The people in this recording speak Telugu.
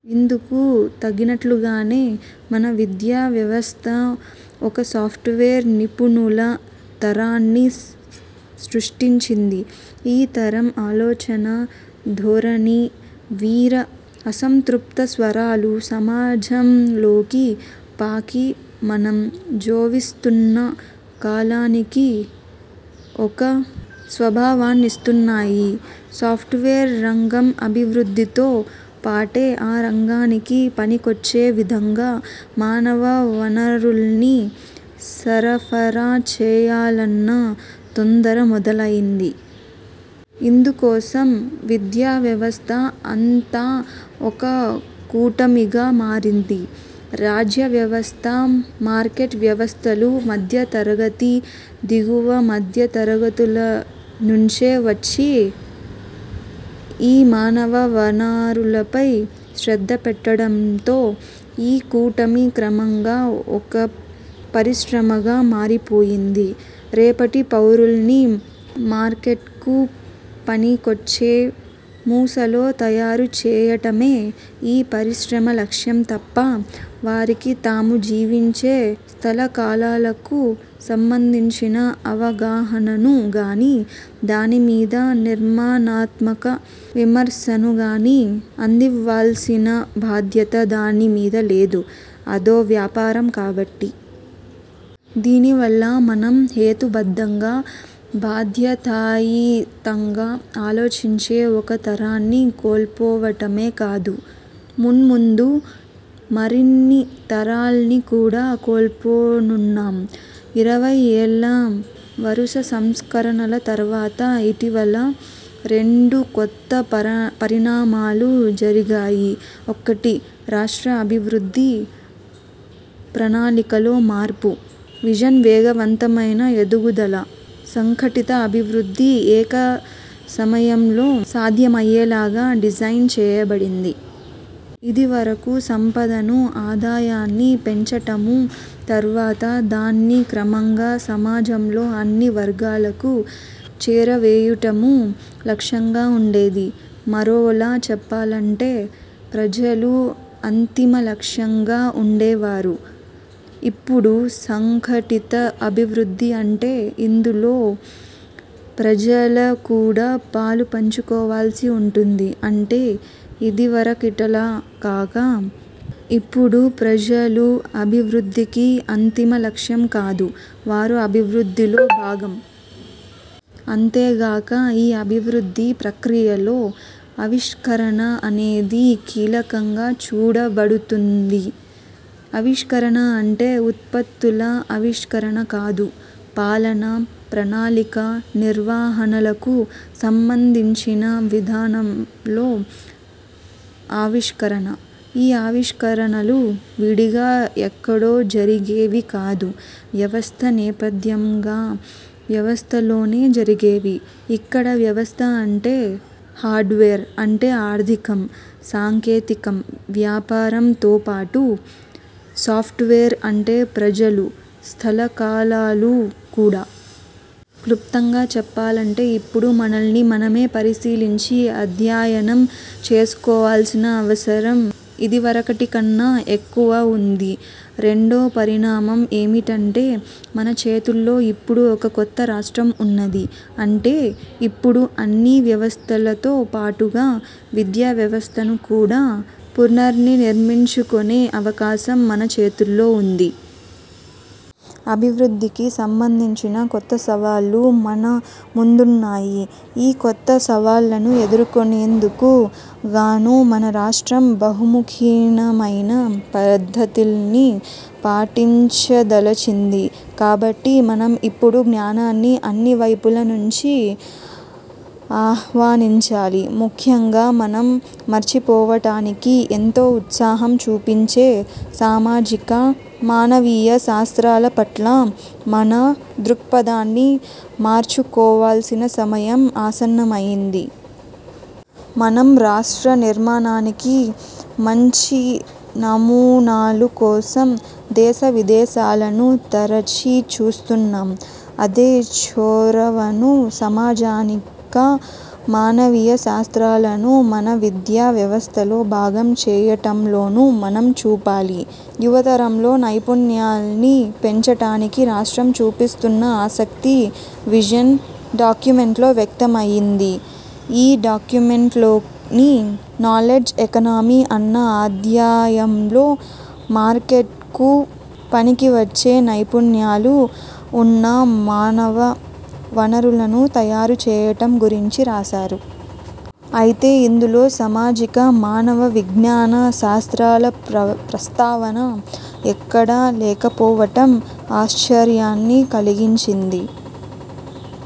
ఇందుకు తగినట్టుగానే మన విద్యా వ్యవస్థ ఒక సాఫ్ట్వేర్ నిపుణుల తరాన్ని సృష్టించింది. ఈ తరం ఆలోచనా ధోరణి, వీరి అసంతృప్త స్వరాలూ సమాజంలోకి పాకి మనం జీవిస్తోన్న కాలానికి ఒక స్వభావాన్నిస్తున్నాయి. సాఫ్ట్వేర్ రంగం అభివృద్ధితో పాటే, ఆ రంగానికి పనికొచ్చే విధంగా మానవ వనరుల్ని సరఫరా చేయాలన్న తొందర మొదలైంది. ఇందుకోసం విద్యావ్యవస్థ అంతా ఒక కూటమిగా మారింది. రాజ్య వ్యవస్థ, మార్కెట్ వ్యవస్థలు మధ్యతరగతి, దిగువ మధ్యతరగతుల నుంచి వచ్చే ఈ మానవ వనరులపై శ్రద్ధపెట్టడంతో, ఈ కూటమి క్రమంగా ఒక పరిశ్రమగా మారిపోయింది. రేపటి పౌరుల్ని మార్కెట్కు పనికొచ్చే మూసలో తయారు చేయటమే ఈ పరిశ్రమ లక్ష్యం తప్ప, వారికి తాము జీవించే స్థలకాలాలకు సంబంధించిన అవగాహనను గానీ, దాని మీద నిర్మాణాత్మక విమర్శను గానీ అందివ్వాల్సిన బాధ్యత దాని మీద లేదు– అదో వ్యాపారం కాబట్టి. దీని వల్ల మనం హేతుబద్ధంగా, బాధ్యతాయుతంగా ఆలోచించే ఒక తరాన్ని కోల్పోవటమే కాదు, మున్ముందు మరిన్ని తరాల్ని కూడా కోల్పోనున్నాం. ఇరవై ఏళ్ళ వరుస సంస్కరణల తర్వాత ఇటీవల రెండు కొత్త పరిణామాలు జరిగాయి. ఒకటి, రాష్ట్ర అభివృద్ధి ప్రణాళికలో మార్పు. విజన్ వేగవంతమైన ఎదుగుదల, సంఘటిత అభివృద్ధి ఏక సమయంలో సాధ్యమయ్యేలాగా డిజైన్ చేయబడింది. ఇదివరకు సంపదనూ ఆదాయాన్నీ పెంచటమూ, తర్వాత దాన్ని క్రమంగా సమాజంలో అన్ని వర్గాలకు చేరవేయటమూ లక్ష్యంగా ఉండేది. మరోలా చెప్పాలంటే, ప్రజలు అంతిమ లక్ష్యంగా ఉండేవారు. ఇప్పుడు సంఘటిత అభివృద్ధి అంటే అందులో ప్రజలు కూడా పాలు పంచుకోవాల్సి ఉంటుంది. అంటే ఇదివరకటిలా గాక, ఇప్పుడు ప్రజలు అభివృద్ధికి అంతిమ లక్ష్యం కాదు, వారూ అభివృద్ధిలో భాగం. అంతేగాక, ఈ అభివృద్ధి ప్రక్రియలో ఆవిష్కరణ అనేది కీలకంగా చూడబడుతోంది. ఆవిష్కరణ అంటే ఉత్పత్తుల ఆవిష్కరణ కాదు; పాలన, ప్రణాళిక, నిర్వహణలకు సంబంధించిన విధానాలలో ఆవిష్కరణ. ఈ ఆవిష్కరణలు విడిగా ఎక్కడో జరిగేవి కాదు; వ్యవస్థ నేపథ్యంగా వ్యవస్థలోనే జరిగేవి. ఇక్కడ వ్యవస్థ అంటే ''హార్డ్వేర్''––అంటే ఆర్థికం, సాంకేతికం, వ్యాపారం తోపాటు, ''సాఫ్ట్వేర్''–– అంటే ప్రజలు, స్థల కాలాలు కూడా. క్లుప్తంగా చెప్పాలంటే ఇప్పుడు మనల్ని మనమే పరిశీలించి అధ్యయనం చేసుకోవాల్సిన అవసరం ఇదివరకటికన్నా ఎక్కువ వుంది. రెండో పరిణామం ఏమిటంటే– మన చేతుల్లో ఇప్పుడు ఒక కొత్త రాష్ట్రం ఉన్నది. అంటే ఇప్పుడు అన్ని వ్యవస్థలతో పాటుగా, విద్యా వ్యవస్థను కూడా పునర్నిర్మించుకొనే అవకాశం మన చేతుల్లో ఉంది. అభివృద్ధికి సంబంధించి కొత్త సవాళ్లు మన ముందున్నాయి. ఈ కొత్త సవాళ్ళను ఎదుర్కొనేందుకు గాను మన రాష్ట్రం బహుముఖీనమైన పద్ధతుల్ని పాటించదలచింది. కాబట్టి మనం ఇప్పుడు జ్ఞానాన్ని అన్ని వైపుల నుంచీ ఆహ్వానించాలి. ముఖ్యంగా మనం మర్చిపోవటానికి ఎంతో ఉత్సాహం చూపించే సామాజిక, మానవీయ శాస్త్రాల పట్ల మన దృక్పథాన్ని మార్చుకోవాల్సిన సమయం ఆసన్నమైంది. మనం రాష్ట్ర నిర్మాణానికి మంచి నమూనాల కోసం దేశ విదేశాలను తరచి చూస్తున్నాం. అదే చొరవను సామాజిక, మానవీయ శాస్త్రాలను మన విద్యా వ్యవస్థలో భాగం చేయటంలోనూ మనం చూపాలి. యువతరంలో నైపుణ్యాల్ని పెంచటానికి రాష్ట్రం చూపిస్తున్న ఆసక్తి విజన్ డాక్యుమెంట్లో వ్యక్తమైంది. ఈ డాక్యుమెంట్లోని 'నాలెడ్జ్ ఎకానమి' అన్న అధ్యాయంలో మార్కెట్కు పనికివచ్చే నైపుణ్యాలు వున్న మానవ వనరులను తయారు చేయటం గురించి రాశారు. అయితే ఇందులో సామాజిక, మానవ విజ్ఞాన శాస్త్రాల ప్రస్తావన ఎక్కడా లేకపోవటం ఆశ్చర్యాన్ని కలిగించింది.